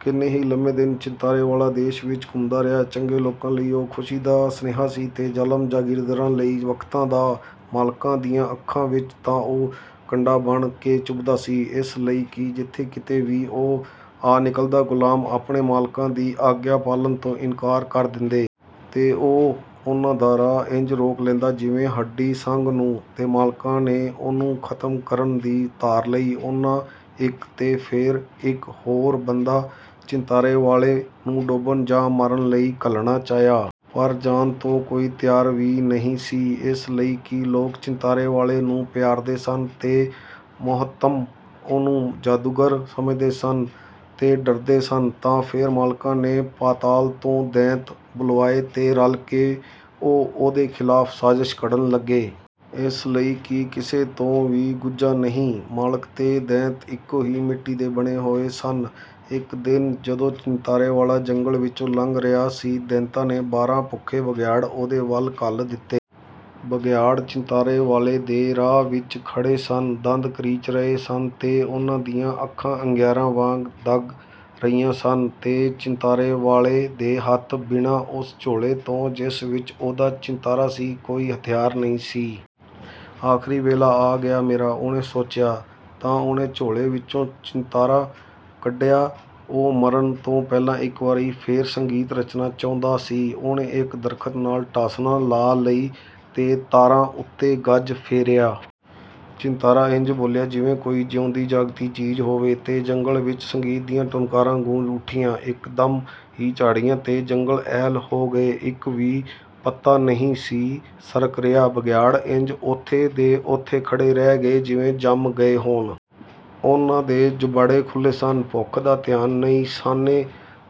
ਕਿੰਨੇ ਹੀ ਲੰਮੇ ਦਿਨ ਚਿੰਤਾਰੇ ਵਾਲਾ ਦੇਸ ਵਿੱਚ ਘੁੰਮਦਾ ਰਿਹਾ। ਚੰਗੇ ਲੋਕਾਂ ਲਈ ਉਹ ਖੁਸ਼ੀ ਦਾ ਸੁਨੇਹਾ ਸੀ, ਤੇ ਜ਼ਾਲਮ ਜਾਗੀਰਦਾਰਾਂ ਲਈ ਵਖ਼ਤਾਂ ਦਾ। ਮਾਲਕਾਂ ਦੀਆਂ ਅੱਖਾਂ ਵਿੱਚ ਤਾਂ ਉਹ ਕੰਡਾ ਬਣ ਕੇ ਚੁਭਦਾ ਸੀ, ਇਸ ਲਈ ਕਿ ਜਿਥੇ ਕਿਤੇ ਵੀ ਉਹ ਆ ਨਿਕਲਦਾ, ਗੁਲਾਮ ਆਪਣੇ ਮਾਲਕਾਂ ਦੀ ਆਗਿਆ ਪਾਲਣ ਤੋਂ ਇਨਕਾਰ ਕਰ ਦੇਂਦੇ। ਤੇ ਉਹ ਉਹਨਾਂ ਦਾ ਰਾਹ ਇੰਜ ਰੋਕ ਲੈਂਦਾ, ਜਿਵੇਂ ਹੱਡੀ ਸੰਘ ਨੂੰ। ਤੇ ਮਾਲਕਾਂ ਨੇ ਉਹਨੂੰ ਖ਼ਤਮ ਕਰਨ ਦੀ ਧਾਰ ਲਈ। ਉਹਨਾਂ ਇੱਕ ਤੇ ਫੇਰ ਇੱਕ ਹੋਰ ਬੰਦਾ ਚਿੰਤਾਰੇ ਵਾਲੇ ਨੂੰ ਡੋਬਣ ਜਾਂ ਮਾਰਨ ਲਈ ਘੱਲਣਾ ਚਾਹਿਆ। ਪਰ ਜਾਣ ਨੂੰ ਕੋਈ ਵੀ ਤਿਆਰ ਨਹੀਂ ਸੀ, ਇਸ ਲਈ ਕਿ ਲੋਕ ਚਿੰਤਾਰੇ ਵਾਲੇ ਨੂੰ ਪਿਆਰਦੇ ਸਨ, ਤੇ ਮੁਹਤਮਮ ਉਹਨੂੰ ਜਾਦੂਗਰ ਸਮਝਦੇ ਸਨ ਤੇ ਡਰਦੇ ਸਨ। ਤਾਂ ਫੇਰ ਮਾਲਕਾਂ ਨੇ ਪਾਤਾਲ ਤੋਂ ਦੈਂਤ ਬੁਲਵਾਏ ਤੇ ਰਲ ਕੇ ਉਹ ਉਹਦੇ ਖ਼ਿਲਾਫ਼ ਸਾਜ਼ਸ਼ ਘੜਨ ਲੱਗੇ। ਇਸ ਲਈ ਕਿ ਕਿਸੇ ਤੋਂ ਵੀ ਗੁੱਝਾ ਨਹੀਂ, ਮਾਲਕ ਤੇ ਦੈਂਤ ਇਕੋ ਹੀ ਮਿੱਟੀ ਦੇ ਬਣੇ ਹੋਏ ਸਨ। ਇੱਕ ਦਿਨ ਜਦੋਂ ਚਿੰਤਾਰੇ ਵਾਲਾ ਜੰਗਲ ਵਿਚੋਂ ਲੰਘ ਰਿਹਾ ਸੀ, ਦੈਂਤਾਂ ਨੇ ਬਾਰਾਂ ਭੁੱਖੇ ਬਘਿਆੜ ਉਹਦੇ ਵਲ ਘੱਲ ਦਿੱਤੇ। ਬਘਿਆੜ ਚਿੰਤਾਰੇ ਵਾਲੇ ਦੇ ਰਾਹ ਵਿੱਚ ਖੜੇ ਸਨ, ਦੰਦ ਕਰੀਚ ਰਹੇ ਸਨ ਤੇ ਉਹਨਾਂ ਦੀਆਂ ਅੱਖਾਂ ਅੰਗਿਆਰਾਂ ਵਾਂਗ ਦੱਗ ਰਹੀਆਂ ਸਨ। ਤੇ ਚਿੰਤਾਰੇ ਵਾਲੇ ਦੇ ਹੱਥ, ਬਿਨਾਂ ਉਸ ਝੋਲੇ ਤੋਂ ਜਿਸ ਵਿੱਚ ਉਹਦਾ ਚਿੰਤਾਰਾ ਸੀ, ਕੋਈ ਹਥਿਆਰ ਨਹੀਂ ਸੀ। "ਆਖ਼ਰੀ ਵੇਲਾ ਆ ਗਿਐ ਮੇਰਾ," ਉਹਨੇ ਸੋਚਿਆ। ਤਾਂ ਉਹਨੇ ਝੋਲੇ ਵਿਚੋਂ ਚਿੰਤਾਰਾ ਕੱਢਿਆ। ਉਹ ਮਰਨ ਤੋਂ ਪਹਿਲਾਂ ਇੱਕ ਵਾਰੀ ਫੇਰ ਸੰਗੀਤ ਰਚਣਾ ਚਾਹੁੰਦਾ ਸੀ। ਉਹਨੇ ਇੱਕ ਦਰਖ਼ਤ ਨਾਲ ਢਾਸਣਾ ਲਾ ਲਈ ਤੇ ਤਾਰਾਂ ਉਤੇ ਗਜ਼ ਫੇਰਿਆ। ਚਿੰਤਾਰਾ ਇੰਜ ਬੋਲਿਆ, ਜਿਵੇਂ ਕੋਈ ਜਿਊਂਦੀ-ਜਾਗਦੀ ਚੀਜ਼ ਹੋਵੇ, ਤੇ ਜੰਗਲ ਵਿੱਚ ਸੰਗੀਤ ਦੀਆਂ ਟੁਣਕਾਰਾਂ ਗੂੰਜ ਉੱਠੀਆਂ। ਇਕਦਮ ਹੀ ਝਾੜੀਆਂ ਤੇ ਜੰਗਲ ਅਹਿੱਲ ਹੋ ਗਏ, ਇੱਕ ਵੀ ਪੱਤਾ ਨਹੀਂ ਸੀ ਸਰਕ ਰਿਹਾ; ਬਘਿਆੜ ਇੰਜ ਓਥੇ ਦੇ ਓਥੇ ਖੜੇ ਰਹਿ ਗਏ, ਜਿਵੇਂ ਜੰਮ ਗਏ ਹੋਣ। ਉਹਨਾਂ ਦੇ ਜੁਬਾੜੇ ਖੁੱਲ੍ਹੇ ਸਨ, ਭੁੱਖ ਦਾ ਧਿਆਨ ਨਹੀਂ ਸਾਨੇਂ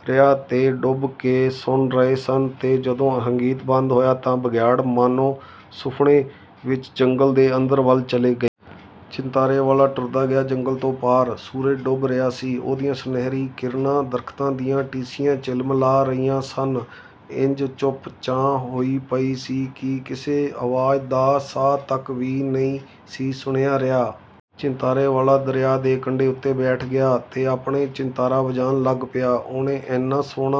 ਰਿਹਾ ਤੇ ਡੁੱਬ ਕੇ ਸੁਣ ਰਹੇ ਸਨ। ਤੇ ਜਦੋਂ ਸੰਗੀਤ ਬੰਦ ਹੋਇਆ, ਤਾਂ ਬਘਿਆੜ, ਮਾਣੋ ਸੁਫ਼ਨੇ ਵਿੱਚ, ਜੰਗਲ ਦੇ ਅੰਦਰ ਵੱਲ ਚਲੇ ਗਏ। ਚਿੰਤਾਰੇ ਵਾਲਾ ਟੁਰਦਾ ਗਿਆ। ਜੰਗਲ ਤੋਂ ਪਾਰ ਸੂਰਜ ਡੁੱਬ ਰਿਹਾ ਸੀ, ਉਹਦੀਆਂ ਸੁਨਹਿਰੀ ਕਿਰਨਾਂ ਦਰਖ਼ਤਾਂ ਦੀਆਂ ਟੀਸੀਆਂ ਝਿਲਮਿਲਾ ਰਹੀਆਂ ਸਨ। ਇੰਜ ਚੁੱਪ-ਚਾਂ ਹੋਈ ਪਈ ਸੀ ਕਿ ਕਿਸੇ ਆਵਾਜ਼ ਦਾ ਸਾਹ ਤਕ ਵੀ ਨਹੀਂ ਸੀ ਸੁਣਿਆ ਰਿਹਾ। ਚਿੰਤਾਰੇ ਵਾਲਾ ਦਰਿਆ ਦੇ ਕੰਢੇ ਉਤੇ ਬੈਠ ਗਿਆ, ਤੇ ਆਪਣਾ ਚਿੰਤਾਰਾ ਵਜਾਣ ਲੱਗ ਪਿਆ। ਉਹਨੇ ਏਨਾ ਸੁਹਣਾ